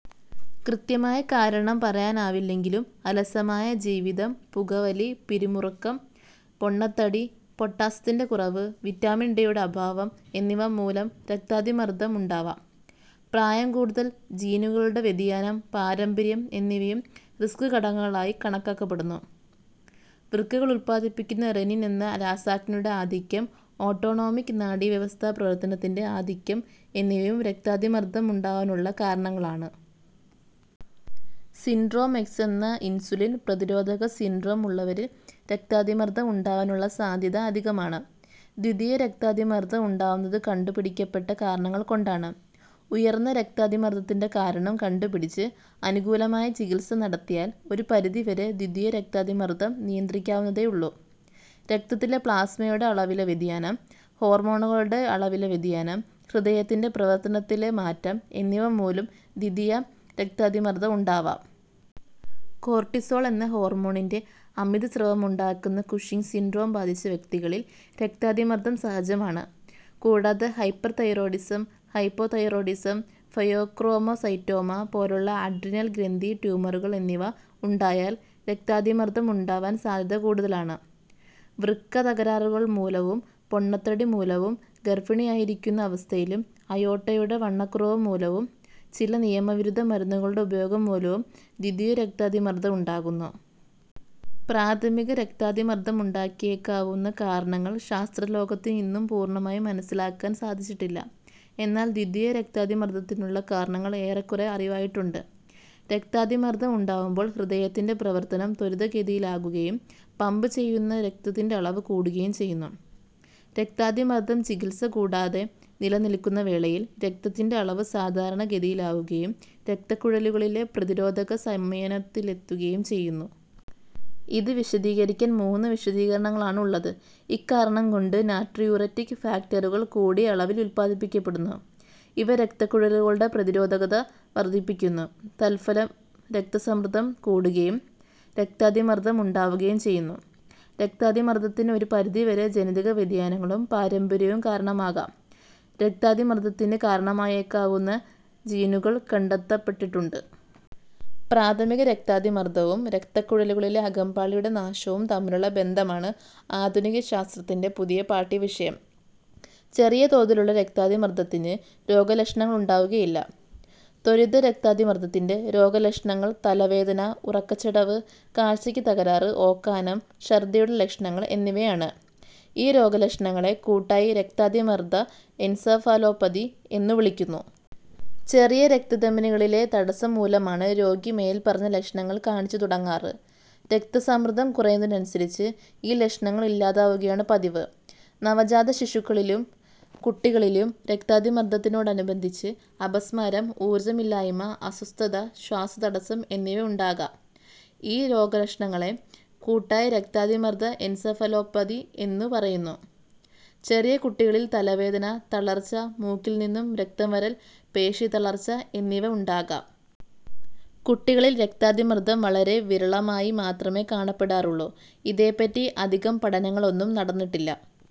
കൃത്യമായ കാരണം പറയാനാവില്ലെങ്കിലും അലസമായ ജീവിതം, പുകവലി, പിരിമുറുക്കം, പൊണ്ണത്തടി, പൊട്ടാസ്യത്തിന്റെ കുറവ്, വിറ്റാമിൻ ഡിയുടെ അഭാവം എന്നിവ മൂലം രക്താതിമർദ്ദം ഉണ്ടാവാം. പ്രായക്കൂടുതൽ, ജീനുകളുടെ വ്യതിയാനം, പാരമ്പര്യം എന്നിവയും 'റിസ്ക് ഘടകങ്ങളായി' കണക്കാക്കപ്പെടുന്നു. വൃക്കകൾ ഉല്പാദിപ്പിക്കുന്ന റെന്നിൻ എന്ന രാസാഗ്നിയുടെ ആധിക്യം ഓട്ടോണോമിക് നാഡീവ്യവസ്ഥാപ്രവർത്തനത്തിന്റെ ആധിക്യം എന്നിവയും രക്താതിമർദ്ദമുണ്ടാവാനുള്ള കാരണങ്ങളാണ്. 'സിൻഡ്രോം എക്സ്' എന്ന ഇൻസുലിൻ പ്രതിരോധക സിൻഡ്രോം ഉള്ളവരിൽ രക്താതിമർദ്ദം ഉണ്ടാവാനുള്ള സാധ്യത അധികമാണ്. ദ്വിതീയ രക്താതിമർദ്ദം ഉണ്ടാവുന്നത് കണ്ടുപിടിക്കപ്പെട്ട കാരണങ്ങൾ കൊണ്ടാണ്. ഉയർന്ന രക്താതിമർദ്ദത്തിന്റെ കാരണം കണ്ടുപിടിച്ച് അനുകൂലമായ ചികിത്സ നടത്തിയാൽ ഒരു പരിധിവരെ ദ്വിതീയ രക്താതിമർദ്ദം നിയന്ത്രിക്കാവുന്നതേ ഉള്ളൂ. രക്തത്തിലെ പ്ളാസ്മയുടെ അളവിലെ വ്യതിയാനം, ഹോർമോണുകളുടെ അളവിലെ വ്യതിയാനം, ഹൃദയത്തിന്റെ പ്രവർത്തനത്തിലെ മാറ്റം എന്നിവ മൂലം ദ്വിതീയ രക്താതിമർദ്ദം ഉണ്ടാവാം. കോർട്ടിസോൾ എന്ന ഹോർമോണിന്റെ അമിതസ്രാവമുണ്ടാക്കുന്ന കുഷിങ് സിൻഡ്രോം ബാധിച്ച വ്യക്തികളിൽ രക്താതിമർദ്ദം സഹജമാണ്. കൂടാതെ, ഹൈപ്പർതൈറോയിഡിസം, ഹൈപ്പോതൈറോയിഡിസം, ഫേയോക്രോമൊസൈറ്റോമ പോലുള്ള അഡ്രീനൽ ഗ്രന്ഥി ട്യൂമറുകൾ എന്നിവ ഉണ്ടായാൽ രക്താതിമർദ്ദം ഉണ്ടാവാൻ സാധ്യത കൂടുതലാണ്. വൃക്ക തകരാറുകൾ മൂലവും, പൊണ്ണത്തടി മൂലവും, ഗർഭിണിയായിരിക്കുന്ന അവസ്ഥയിലും, അയോർട്ടയുടെ വണ്ണക്കുറവുമൂലവും, ചില നിയമവിരുദ്ധ മരുന്നുകളുടെ ഉപയോഗം മൂലവും ദ്വിതീയ രക്താതിമർദ്ദം ഉണ്ടാകുന്നു.: പ്രാഥമിക രക്താതിമർദ്ദമുണ്ടാക്കിയേക്കാവുന്ന കാരണങ്ങൾ ശാസ്ത്രലോകത്തിന് ഇന്നും പൂർണ്ണമായി മനസ്സിലാക്കാൻ സാധിച്ചിട്ടില്ല. എന്നാൽ ദ്വിതീയ രക്താതിമർദ്ദത്തിനുള്ള കാരണങ്ങൾ ഏറെക്കുറെ അറിവായിട്ടുണ്ട്. രക്താതിമർദ്ദം ഉണ്ടാവുമ്പോൾ ഹൃദയത്തിന്റെ പ്രവർത്തനം ത്വരിതഗതിയിലാകുകയും പമ്പ് ചെയ്യുന്ന രക്തത്തിന്റെ അളവ് കൂടുകയും ചെയ്യുന്നു. രക്താതിമർദ്ദം ചികിത്സ കൂടാതെ നിലനിൽക്കുന്ന വേളയിൽ രക്തത്തിന്റെ അളവ് സാധാരണ ഗതിയിലാവുകയും രക്തക്കുഴലുകളിലെ പ്രതിരോധകത സംയമനത്തിലെത്തുകയും ചെയുന്നു. ഇത് വിശദീകരിക്കാൻ മൂന്ന് വിശദീകരണങ്ങളാണുള്ളത്: ഇക്കാരണം കൊണ്ട് നാട്രിയൂററ്റിക് ഫാക്ടറുകൾ കൂടിയ അളവിൽ ഉല്പാദിപ്പിക്കപ്പെടുന്നു. ഇവ രക്തക്കുഴലുകളുടെ പ്രതിരോധകത വർദ്ധിപ്പിക്കുന്നു. തൽഫലം രക്തസമ്മർദ്ദം കൂടുകയും, രക്താതിമർദ്ദം ഉണ്ടാവുകയും ചെയ്യുന്നു. രക്താതിമർദ്ദത്തിന് ഒരു പരിധി വരെ ജനിതക വ്യതിയാനങ്ങളും പാരമ്പര്യവും കാരണമാകാം. രക്താതിമർദ്ദത്തിന് കാരണമായേക്കാവുന്ന ജീനുകൾ കണ്ടെത്തപ്പെട്ടിട്ടുണ്ട്. പ്രാഥമിക രക്താതിമർദ്ദവും രക്തക്കുഴലുകളിലെ അകം പാളിയുടെ നാശവും തമ്മിലുള്ള ബന്ധമാണ് ആധുനിക ശാസ്ത്രത്തിന്റെ പുതിയ പാഠ്യവിഷയം. ചെറിയതോതിലുള്ള രക്താതിമർദ്ദത്തിന് രോഗലക്ഷണങ്ങളുണ്ടാവുകയില്ല. ത്വരിത രക്താതിമർദ്ദത്തിന്റെ രോഗലക്ഷണങ്ങൾ തലവേദന, ഉറക്കച്ചടവ്, കാഴ്ചയ്ക്ക് തകരാറ്, ഓക്കാനം. ഛർദ്ദിയുടെ ലക്ഷണങ്ങൾ എന്നിവയാണ്. ഈ രോഗലക്ഷണങ്ങളെ കൂട്ടായി രക്താതിമർദ്ദ എൻസഫാലോപതി എന്നു വിളിക്കുന്നു. ചെറിയ രക്തധമനികളിലെ തടസ്സം മൂലമാണ് രോഗി മേൽപ്പറഞ്ഞ ലക്ഷണങ്ങൾ കാണിച്ചുതുടങ്ങാറ്. രക്തസമ്മർദ്ദം കുറയുന്നതിനനുസരിച്ച് ഈ ലക്ഷണങ്ങൾ ഇല്ലാതാവുകയാണ് പതിവ്. നവജാതശിശുക്കളിലും കുട്ടികളിലും രക്താതിമർദ്ദത്തോടനുബന്ധിച്ച് അപസ്മാരം, ഊർജ്ജമില്ലായ്മ, അസ്വസ്ഥത, ശ്വാസതടസ്സം എന്നിവ ഉണ്ടാകാം. ഈ രോഗലക്ഷണങ്ങളെ കൂട്ടായി രക്താതിമർദ്ദ എൻസഫാലോപതി എന്നു പറയുന്നു. ചെറിയ കുട്ടികളിൽ തലവേദന, തളർച്ച, മൂക്കിൽ നിന്നും രക്തം വരൽ, പേശീതളർച്ച എന്നിവ ഉണ്ടാകാം. കുട്ടികളിൽ രക്താതിമർദ്ദം വളരെ വിരളമായി മാത്രമേ കാണപ്പെടാറുള്ളൂ. ഇതേപ്പറ്റി അധികം പഠനങ്ങളൊന്നും നടന്നിട്ടില്ല